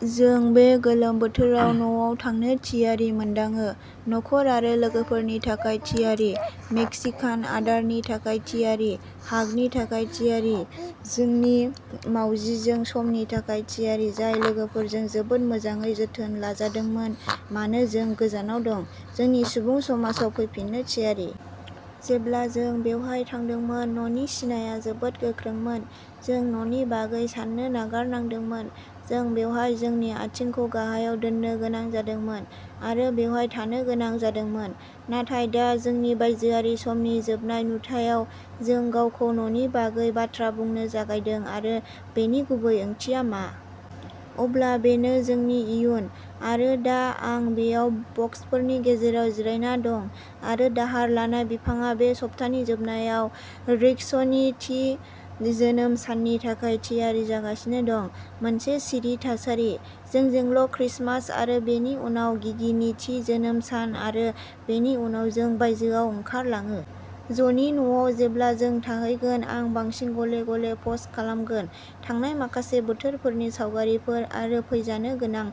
जों बे गोलोम बोथोराव न'आव थांनो थियारि मोनदाङो, नखर आरो लोगोफोरनि थाखाय थियारि, मेक्सिकान आदारनि थाखाय थियारि, हागनि थाखाय थियारि, जोंनि मावजिजों समनि थाखाय थियारि जाय लोगोफोरजों जोबोद मोजाङै जोथोन लाजादोंमोन मानो जों गोजानाव दं, जोंनि सुबुं समाजाव फैफिननो थियारि। जेब्ला जों बेवहाय थांदोंमोन, न'नि सिनाया जोबोद गोख्रोंमोन, जों "न'" नि बागै साननो नागारनांदोंमोन। जों बेवहाय जोंनि आथिंखौ गाहायाव दोन्नो गोनां जादोंमोन आरो बेवहाय थानो गोनां जादोंमोन। नाथाय दा, जोंनि बायजोआरि समनि जोबनाय नुथायाव, जों गावखौ न'नि बागै बाथ्रा बुंनो जागायदों, आरो बेनि गुबै ओंथिया मा। अब्ला बेनो जोंनि इयुन, आरो दा आं बेयाव बक्सफोरनि गेजेराव जिरायना दं आरो दाहार लानाय बिफांआ बे सप्तानि जोबनायाव रौक्सनि थि जोनोम साननि थाखाय थियारि जागासिनो दं, मोनसे सिरि थासारि। जोंजोंल'क्रिसमास, आरो बेनि उनाव गिगिनि थि जोनोम सान-आरो बेनि उनाव जों बायजोआव ओंखारलाङो। ज'नि न'आव जेब्ला जों थाहैगोन, आं बांसिन गले-गले पस्ट खालामगोन, थांनाय माखासे बोथोरफोरनि सावगारिफोर आरो फैजानो गोनां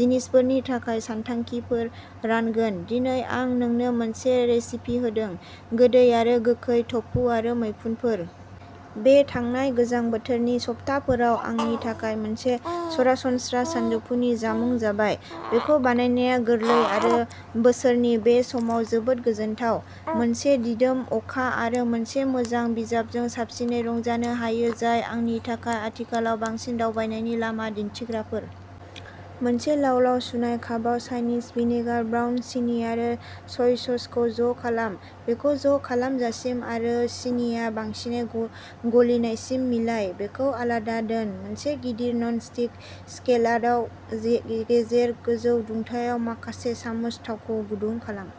जिनिसफोरनि थाखाय सानथांखिफोर रानगोन। दिनै आं नोंनो मोनसे रेसिपि होदोंः गोदै आरो गोखै टफु आरो मैखुनफोर। बे थांनाय गोजां बोथोरनि सप्ताफोराव आंनि थाखाय मोनसे सरासनस्रा सानजौफुनि जामुं जाबाय। बेखौ बानायनाया गोरलै आरो बोसोरनि बे समाव जोबोद गोजोनथाव। मोनसे दिदोम अखा आरो मोनसे मोजां बिजाबजों साबसिनै रंजानो हायो-जाय आंनि थाखाय आथिखालाव बांसिन दावबायनायनि लामा दिन्थिग्राफोर। मोनसे लाव-लाव सुनाय कापआव, चाइनिज भिनेगार, ब्राउन सिनि आरो सय ससखौ ज'खालाम। बेखौ ज'खालामजासिम आरो सिनिआ बांसिनै गलिनायसिम मिलाय। बेखौ आलादा दोन। मोनसे गिदिर नन-स्टिक स्किलेटआव, गेजेर गोजौ दुंथायाव माखासे सामुस थावखौ गुदुं खालाम।